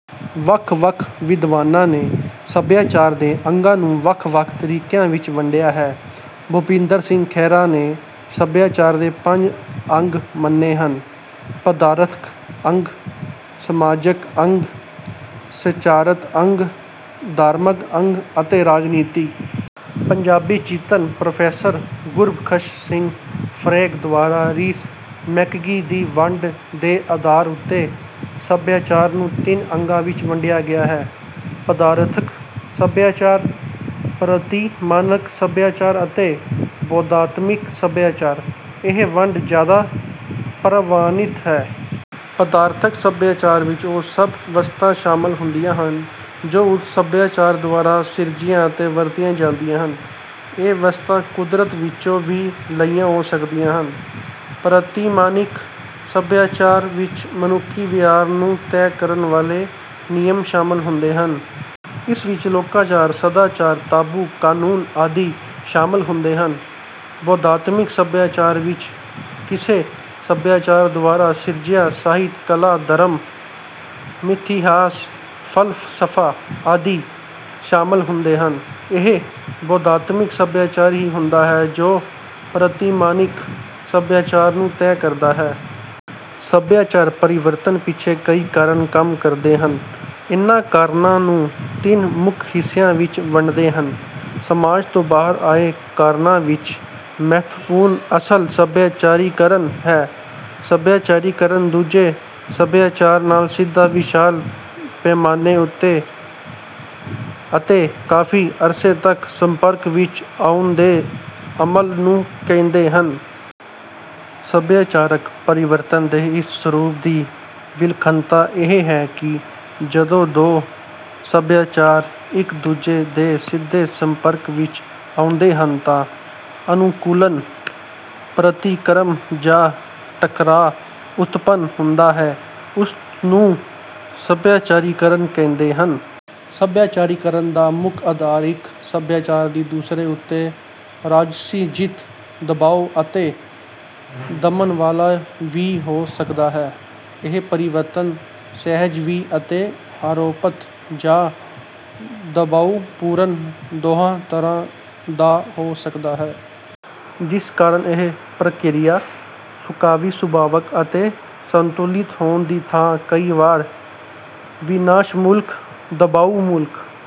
ਵੱਖ ਵੱਖ ਵਿਦਵਾਨਾਂ ਨੇ ਸੱਭਿਆਚਾਰ ਦੇ ਅੰਗਾਂ ਨੂੰ ਵੱਖ ਵੱਖ ਤਰੀਕਿਆਂ ਵਿੱਚ ਵੰਡਿਆ ਹੈ। ਭੁਪਿੰਦਰ ਸਿੰਘ ਖਹਿਰਾ ਨੇ ਸੱਭਿਆਚਾਰ ਦੇ ਪੰਜ ਅੰਗ ਮੰਨੇ ਹਨ ਪਦਾਰਥਕ ਅੰਗ ਸਮਾਜਕ ਅੰਗ ਸੰਚਾਰਤ ਅੰਗ ਧਾਰਮਕ ਅੰਗ ਅਤੇ ਰਾਜਨੀਤੀ। ਪੰਜਾਬੀ ਚਿੰਤਨ ਪ੍ਰੋਫੈਸਰ ਗੁਰਬਖਸ਼ ਸਿੰਘ ਫ਼ਰੈਂਕ ਦੁਆਰਾ ਰੀਸ ਮੈਕਗੀ ਦੀ ਵੰਡ ਦੇ ਆਧਾਰ ਉੱਤੇ ਸੱਭਿਆਚਾਰ ਨੂੰ ਤਿੰਨ ਅੰਗਾਂ ਵਿੱਚ ਵੰਡਿਆ ਗਿਆ ਹੈ ਪਦਾਰਥਕ ਸੱਭਿਆਚਾਰ ਪ੍ਰਤਿਮਾਨਕ ਸੱਭਿਆਚਾਰ ਅਤੇ ਬੋਧਾਤਮਿਕ ਸੱਭਿਆਚਾਰ। ਇਹ ਵੰਡ ਜ਼ਿਆਦਾ ਪ੍ਰਵਾਨਿਤ ਹੈ। ਪਦਾਰਥਕ ਸੱਭਿਆਚਾਰ ਵਿੱਚ ਉਹ ਸਭ ਵਸਤਾਂ ਸ਼ਾਮਲ ਹੁੰਦੀਆਂ ਹਨ ਜੋ ਉਸ ਸੱਭਿਆਚਾਰ ਦੁਆਰਾ ਸਿਰਜੀਆਂ ਅਤੇ ਵਰਤੀਆਂ ਜਾਂਦੀਆਂ ਹਨ। ਇਹ ਵਸਤਾਂ ਕੁਦਰਤ ਵਿੱਚੋਂ ਵੀ ਲਈਆਂ ਹੋ ਸਕਦੀਆਂ ਹਨ। ਪ੍ਰਤਿਮਾਨਿਕ ਸੱਭਿਆਚਾਰ ਵਿੱਚ ਮਨੁੱਖੀ ਵਿਹਾਰ ਨੂੰ ਤੈਅ ਕਰਨ ਵਾਲੇ ਨਿਯਮ ਸ਼ਾਮਲ ਹੁੰਦੇ ਹਨ। ਇਸ ਵਿੱਚ ਲੋਕਾਚਾਰ ਸਦਾਚਾਰ ਤਾਬੂ ਕਾਨੂੰਨ ਆਦਿ ਸ਼ਾਮਲ ਹੁੰਦੇ ਹਨ। ਬੋਧਾਤਮਿਕ ਸੱਭਿਆਚਾਰ ਵਿੱਚ ਕਿਸੇ ਸੱਭਿਆਚਾਰ ਦੁਆਰਾ ਸਿਰਜਿਆ ਸਾਹਿਤ ਕਲਾ ਧਰਮ ਮਿਥਿਹਾਸ ਫ਼ਲਸਫ਼ਾ ਆਦਿ ਸ਼ਾਮਲ ਹੁੰਦੇ ਹਨ। ਇਹ ਬੋਧਾਤਮਿਕ ਸੱਭਿਆਚਾਰ ਹੀ ਹੁੰਦਾ ਹੈ ਜੋ ਪ੍ਰਤਿਮਾਨਿਕ ਸੱਭਿਆਚਾਰ ਨੂੰ ਤੈਅ ਕਰਦਾ ਹੈ। ਸੱਭਿਆਚਾਰ ਪਰਿਵਰਤਨ ਪਿੱਛੇ ਕਈ ਕਾਰਨ ਕੰਮ ਕਰਦੇ ਹਨ। ਇਨ੍ਹਾਂ ਕਾਰਨਾਂ ਨੂੰ ਤਿੰਨ ਮੁੱਖ ਹਿੱਸਿਆਂ ਵਿੱਚ ਵੰਡਦੇ ਹਨ। ਸਮਾਜ ਤੋਂ ਬਾਹਰ ਆਏ ਕਾਰਨਾਂ ਵਿੱਚ ਮਹੱਤਵਪੂਰਨ ਅਮਲ ਸੱਭਿਆਚਾਰੀਕਰਨ ਹੈ। ਸੱਭਿਆਚਾਰੀਕਰਨ ਦੂਜੇ ਸਭਿਆਚਾਰ ਨਾਲ ਸਿੱਧਾ ਵਿਸ਼ਾਲ ਪੈਮਾਨੇ ਉੱਤੇ ਅਤੇ ਕਾਫ਼ੀ ਅਰਸੇ ਤੱਕ ਸੰਪਰਕ ਵਿੱਚ ਆਉਣ ਦੇ ਅਮਲ ਨੂੰ ਕਹਿੰਦੇ ਹਨ। ਸੱਭਿਆਚਾਰਕ ਪਰਿਵਰਤਨ ਦੇ ਇਸ ਸਰੂਪ ਦੀ ਵਿਲੱਖਣਤਾ ਇਹ ਹੈ ਕਿ ਜਦੋਂ ਦੋ ਸਭਿਆਚਾਰ ਇੱਕ ਦੂਜੇ ਦੇ ਸਿੱਧੇ ਸੰਪਰਕ ਵਿੱਚ ਆਉਂਦੇ ਹਨ ਤਾਂ ਅਨੁਕੁਲਣ ਪ੍ਰਤਿਕਰਮ ਜਾਂ ਟਕਰਾਅ ਉਤਪੰਨ ਹੁੰਦਾ ਹੈ ਉਸ ਨੂੰ ਸੱਭਿਆਚਾਰੀਕਰਨ ਕਹਿੰਦੇ ਹਨ। ਸੱਭਿਆਚਾਰੀਕਰਨ ਦਾ ਮੁੱਖ ਆਧਾਰ ਇੱਕ ਸੱਭਿਆਚਾਰ ਦੀ ਦੂਸਰੇ ਉੱਤੇ ਰਾਜਸੀ ਜਿੱਤ ਦਬਾਉ ਅਤੇ ਦਮਨ ਵਾਲਾ ਵੀ ਹੋ ਸਕਦਾ ਹੈ। ਇਹ ਪਰਿਵਰਤਨ ਸਹਿਜ ਵੀ ਅਤੇ ਆਰੋਪਤ ਜਾਂ ਦਬਾਉਪੂਰਣ ਦੋਹਾਂ ਤਰਾਂ ਦਾ ਹੋ ਸਕਦਾ ਹੈ ਜਿਸ ਕਾਰਨ ਇਹ ਪ੍ਰਕਿਰਿਆ ਸੁਖਾਵੀਂ ਸੁਭਾਵਕ ਅਤੇ ਸੰਤੁਲਿਤ ਹੋਣ ਦੀ ਥਾਂ ਕਈ ਵਾਰੀ ਵਿਨਾਸ਼ਮੂਲਕ ਦਬਾਉਮੂਲਕ